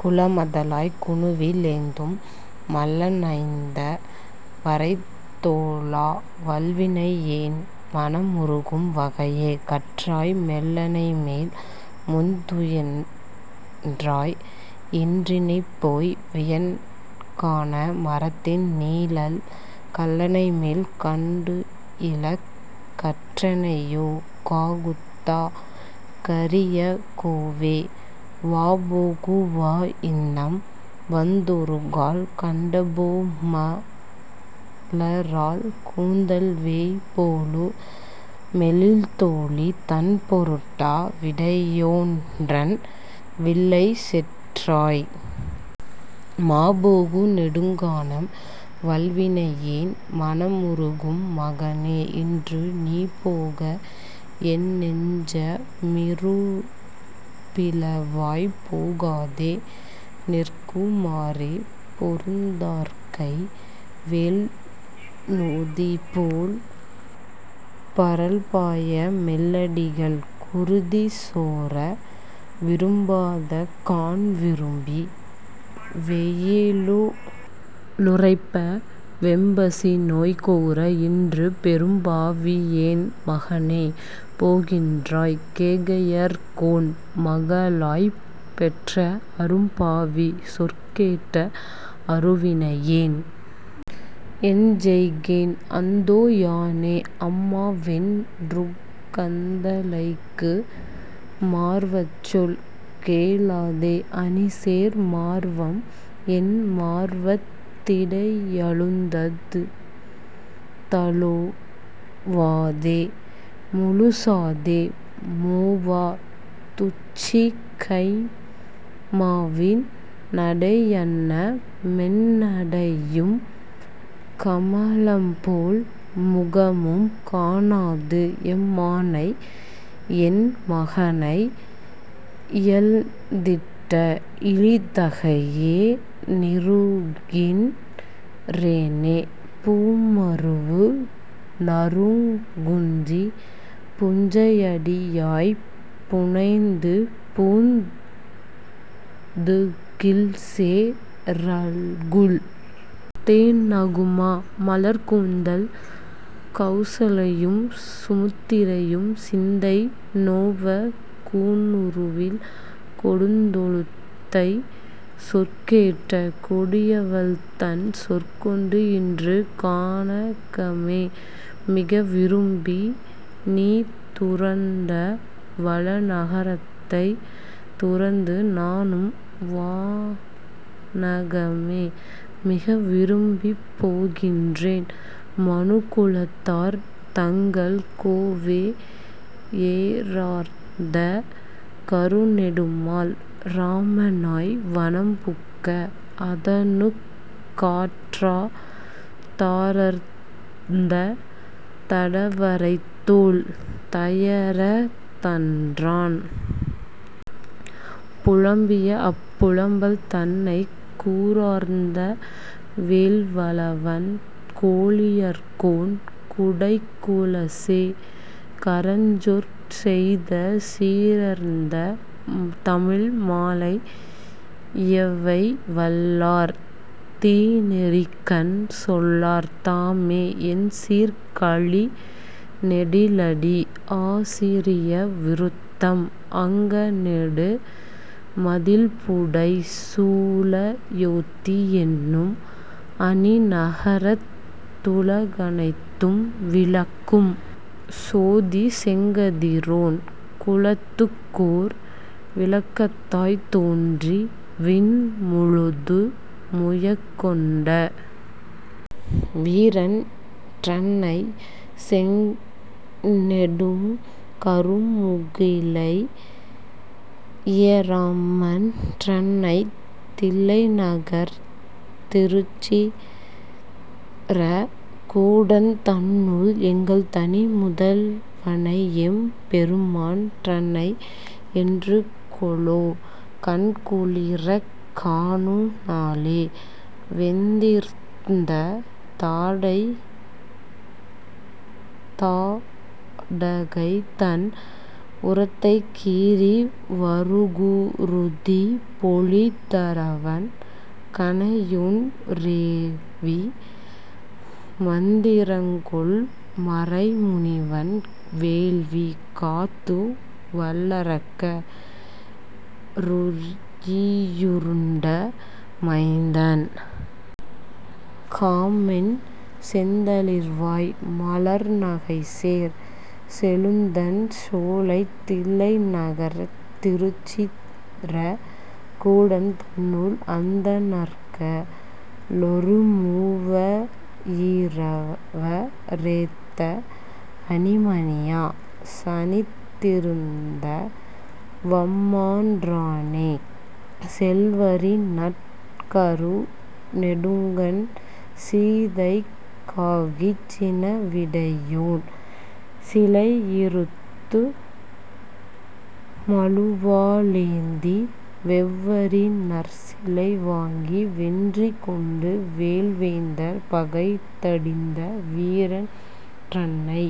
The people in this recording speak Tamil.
குலமதலாய் குனிவில் லேந்தும் மல்லணைந்த வரைத்தோளா வல்வினையேன் மனமுருக்கும் வகையே கற்றாய் மெல்லணைமேல் முன்துயின்றாய் இன்றினிப்போய் வியன்கான மரத்தின் நீழல் கல்லணைமேல் கண்டுயிலக் கற்றனையோ காகுத்தா கரிய கோவே வாபோகு வாஇன்னம் வந்தொருகால் கண்டுபோ மலராள் கூந்தல் வேய்போலு மெழில்தோளி தன்பொருட்டா விடையோன்றன் வில்லைச் செற்றாய் மாபோகு நெடுங்கானம் வல்வினையேன் மனமுருக்கும் மகனே இன்று நீபோக என்னெஞ்ச மிருபிளவாய்ப் போகாதே நிற்கு மாறே பொருந்தார்கை வேல்நுதிபோல் பரல்பாய மெல்லடிகள் குருதி சோர விரும்பாத கான்விரும்பி வெயிலுறைப்ப வெம்பசிநோய் கூர இன்று பெரும்பாவி யேன்மகனே போகின்றாய் கேகயர்கோன் மகளாய்ப் பெற்ற அரும்பாவி சொற்கேட்ட அருவினையேன் எஞ்செய்கேன் அந்தோ யானே அம்மாவென் றுகந்தழைக்கு மார்வச்சொல் கேளாதே அணிசேர் மார்வம் என்மார்வத் திடையழுந்தத் தழுவாதே முழுசாதே மோவா துச்சி கைம்மாவின் நடையன்ன மென்னடையும் கமலம்போல் முகமும் காணாது எம்மானை யென்மகனை யிழந்திட்ட இழிதகையே னிருக்கின் றேனே பூமருவு நறுங்குஞ்சி புஞ்சடையாய்ப் புனைந்துபூந் துகில்சே ரல்குல் தேன்நகுமா மலர்க்கூந்தல் கௌசலையும் சுமித்திரையும் சிந்தை நோவ கூனுருவில் கொடுந்தொழுத்தை சொற்கேட்ட கொடியவள்தன் சொற்கொண்டு இன்று கானகமே மிகவிரும்பி நீதுறந்த வளநகரைத் துறந்து நானும் வானகமே மிகவிரும்பிப் போகின்றேன் மனுகுலத்தார் தங்கள் கோவே ஏரார்ந்த கருநெடுமால் இராமனாய் வனம்புக்க அதனுக் காற்றா தாரர்ந்த தடவரைத்தோள் தயரதன்றான் புலம்பியஅப் புலம்பல் தன்னை கூரார்ந்த வேல்வலவன் கோழியர்கோன் குடைக்குலசே கரஞ்சொற் செய்த சீரார்ந்த தமிழ்மாலை யிவைவல்லார் தீநெறிக்கண் செல்லார் தாமே எண்சீர்க் கழிநெடிலடி ஆசிரிய விருத்தம் அங்கணெடு மதிள்புடைசூ ழயோத்தி யென்னும் அணிநகரத் துலகனைத்தும் விளக்கும் சோதி வெங்கதிரோன் குலத்துக்கோர் விளக்காய்த் தோன்றி விண்முழுது முயக்கொண்ட வீரன் றன்னை, செங்கணெடுங் கருமுகிலை யிராமன் றன்னைத் தில்லைநகர்த் திருச்சித்ர கூடந் தன்னுள் எங்கள்தனி முதல்வனையெம் பெருமான் றன்னை என்றுகொலோ கண்குளிரக் காணு நாளே வந்தெதிர்ந்த தாடகைதன் உரத்தைக் கீறி வருகுருதி பொழிதரவன் கணையொன் றேவி மந்திரங்கொள் மறைமுனிவன் வேள்வி காத்து வல்லரக்க ருயிருண்ட மைந்தன் காண்மின் செந்தளிர்வாய் மலர்நகைசேர் செழுந்தண் சோலைத் தில்லைநகர்த் திருச்சித்ர கூடந் தன்னுள் அந்தணர்க ளொருமூவா யிரவ ரேத்த அணிமணியா சனத்திருந்த வம்மான் றானே செல்வரிநற் கருநெடுங்கண் சீதைக் காகிச் சினவிடையோன் சிலையிறுத்து மழுவா ளேந்தி வெவ்வரிநற் சிலைவாங்கி வென்றி கொண்டு வேல்வேந்தர் பகைதடிந்த வீரன் றன்னை